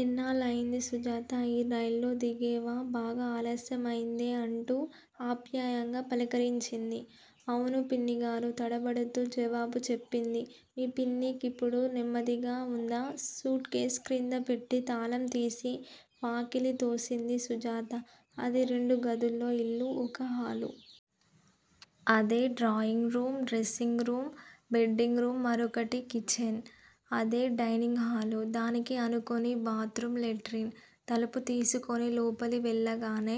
ఎన్నాళ్ళయింది సుజాతా! ఈ రైల్లో దిగేవా! బాగా ఆలస్యమైందే! అంటూ ఆప్యాయంగా పలుకరించింది. అవును పిన్నిగారూ! తడబడుతూ జవాబు చెప్పింది. మీ పిన్ని కిపుడు నెమ్మదిగా వుందా! సూట్ కేస్ క్రిందిపేట్టి తాళం తీసి, వాకిలి. తోసింది సుజాత. అది రెండుగదుల యిల్లు. ఒక హాలు. అదే drawing room, dressing room, bedding room, మరోకటి కిచన్. అదే డైనింగ్ హాలు! దానికి అనుకుని బాత్రూం లెట్రిన్. తలుపు తీసుకుని లోపలి వెళ్ళగానే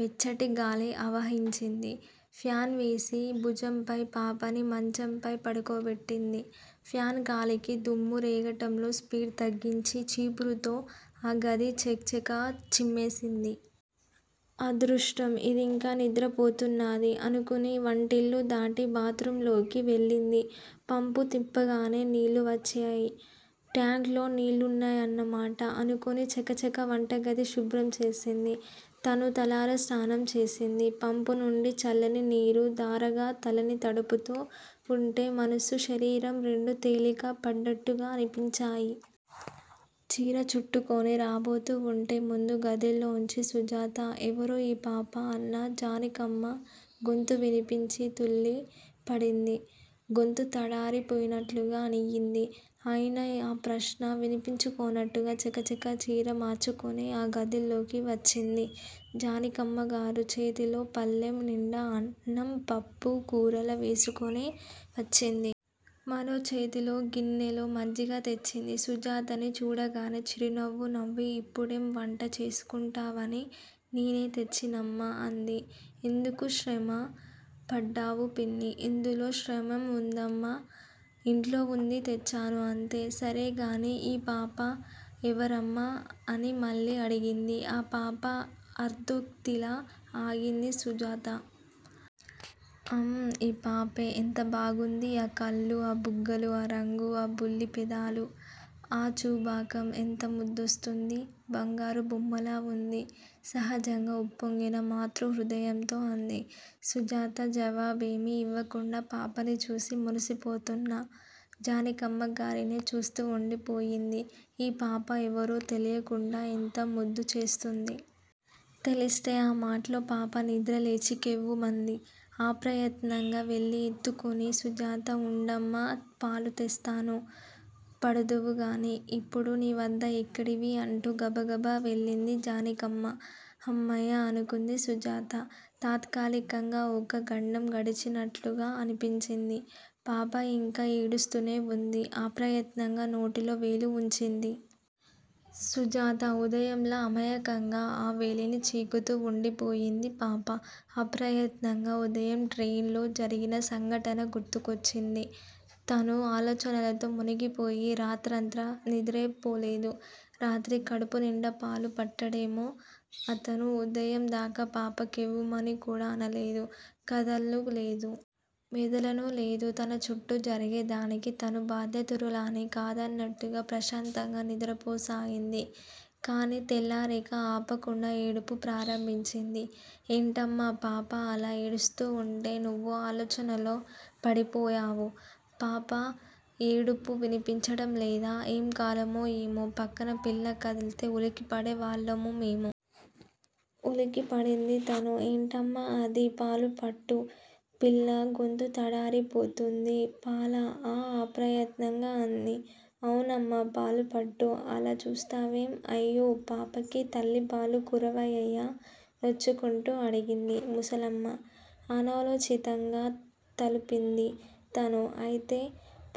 వెచ్చటిగాలి ఆవహించింది. ఫ్యాన్ వేసి. భుజంపై పాపని మంచపై పడుకోబెట్టింది. ఫ్యాన్ గాలికి దుమ్ము రేగటంలో స్పీడ్ తగ్గించి, చీపురుతో ఆ గది చక్ చకా చిమ్మేసింది. అదృష్టం యిదింకా నిదరపోతున్నది! అనుకుని వంటిల్లు దాటి బాత్ రూంలోకి వెళ్ళింది. పంపు తిప్పగానే నీళ్ళు వచ్చేయి. టాంక్ లో నీళ్ళున్నాయన్నమాట! అనుకుని చకచకా వంటగది శుభ్రం చేసింది. తను తలారా స్నానం చేసింది. పంపు నుండి చల్లని నీరు ధారగా తలని తడుపుతు వుంటే మనస్సు శరీరం రెండూ తేలిక పడ్డట్టుగా అనిపించాయి. చీరచుట్టుకుని రాబోతూ వుంటే ముందు గదిలోంచి సుజాత! ఎవరు యీ పాపా? అన్న జనికమ్మ గొంతు వినిపించి తుళ్ళి పడింది. గొంతు తడారిపోయినట్లుగా అయింది. అయినా ఆ ప్రశ్న వినిపించుకొనట్టుగా చకచకా చీర మార్చుకుని ఆ గదిలోకి వచ్చింది. జానికమ్మగారు చేతిలో పళ్ళెం నిండా అన్నం, పప్పు, కూరలు వేసుకుని వచ్చింది. మరో చేతిలో గిన్నెలో మజ్జిగ తెచ్చింది సుజాతని చూడగానే చిరునవ్వు నవ్వి ఇప్పుడేం వంట చేసుకుంటావని నేనే తెచ్చానమ్మా! అంది. ఎందుకు శ్రమ పడ్డావు పిన్నీ! ఇందులో శ్రమేం వుందమ్మా! ఇంట్లో వుంది తెచ్చాను. అంతే! సరేగాని యీ పాపా ఎవరమ్మా? అనిమళ్ళీ అడిగింది. ఆ పాప అర్ధోక్తిలో ఆగింది సుజాత. అం యీపాపే! ఎంత బాగుంది? ఆ కళ్ళు ఆ బుగ్గలు ఆ రంగూ, ఆ బుల్లి పెదాలు, ఆ చుబాకం ఎంత ముద్దోస్తుంది! బంగారు బొమ్మలా వుంది! సహజంగా ఉప్పొంగిన మాతృహృదయంతో అంది. సుజాత జవాబేమీ యివ్వకుండా పాపని చూసి మురిసిపోతోన్న జనికమ్మగారినే చూస్తూవుండిపోయింది. ఈ పాప ఎవరో తెలియకుండాఇంత ముద్దు చేస్తోంది. తెలిస్తే అమట్లో పాప నిద్ర లేచి కెవ్వుమంది. అప్రయత్నంగా వెళ్ళిఎత్తుకుంది సుజాత. ఉండమ్మా! పాలు తెస్తాను. పడుదువుగానీ, ఇప్పుడు నీ వద్ద ఎక్కడివి? అంటూ గబగబా వెళ్ళింది జానికమ్మ. హమ్మయ్య! అనుకుంది సుజాత. తాత్కాలికంగా ఒక గండం గడిచినట్ట్లుగా అనిపించింది. పాపయింకా ఏడుస్తూనే వుంది. ఆప్రయత్నంగా నోటిలో వేలు వుంచింది. సుజాత. ఉదయం లా అమయమ్కంగా ఆ వేలిని చీకుతూ వుండిపోయింది పాప. అప్రయత్నంగా ఉదయం ట్రెయిన్ లోజరిగిన సంఘటన గుర్తుకొచ్చింది. తను ఆలోచనలతో మునిగిపోయి రాత్రంతా నిదరేపోలేదు. రాత్రి కడుపు నిండా పాలు పట్టేడేమో అతను, ఉదయం దాకా పాప కెవ్వుమని కూడా అనలేదు కదాల్నూ లేదు. మెదలనూ లేదు. తనచుట్టూ జరిగే దానికి తను బాధ్యురాలీని కాదన్నట్టుగా ప్రశాంతంగా నిదురపోసాగింది. కానీ తెల్లరేక ఆపకుండా ఏడుపు ప్రారంభించింది. ఏంటమ్మా! పాప అలా ఏడుస్తూ వుంటే నువ్వు ఆలోచనలో పడిపోయావు! పాప ఏడుపు వినిపించటం లేదా! ఎం కాలమో ఏమో! పక్కన పిల్ల కదిలితే ఉలికిపడే వాళ్ళం మేము! ఉలికి పడింది తను. ఏంటమ్మా అది. పాలు పట్టు __పిల్ల గొంతు తడారి పోతుంది! పాలా! ఆ ప్రయత్నంగా అంది. అవునమ్మా పాలు పట్టు! అలా చూస్తావేం? అయ్యో పాపకి తల్లి పాలు కరువయ్యాయా! నొచ్చుకుంటూ అడిగింది ముసలమ్మ. అనాలోచితంగా తలూపింది తను. అయితే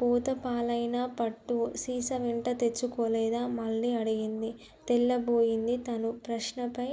పోత పాలయినా పట్టు! సీసా వెంట తెచ్చుకాలేదా? మళ్ళీ అడిగింది. తెల్లబోయింది తను. ప్రశ్నపై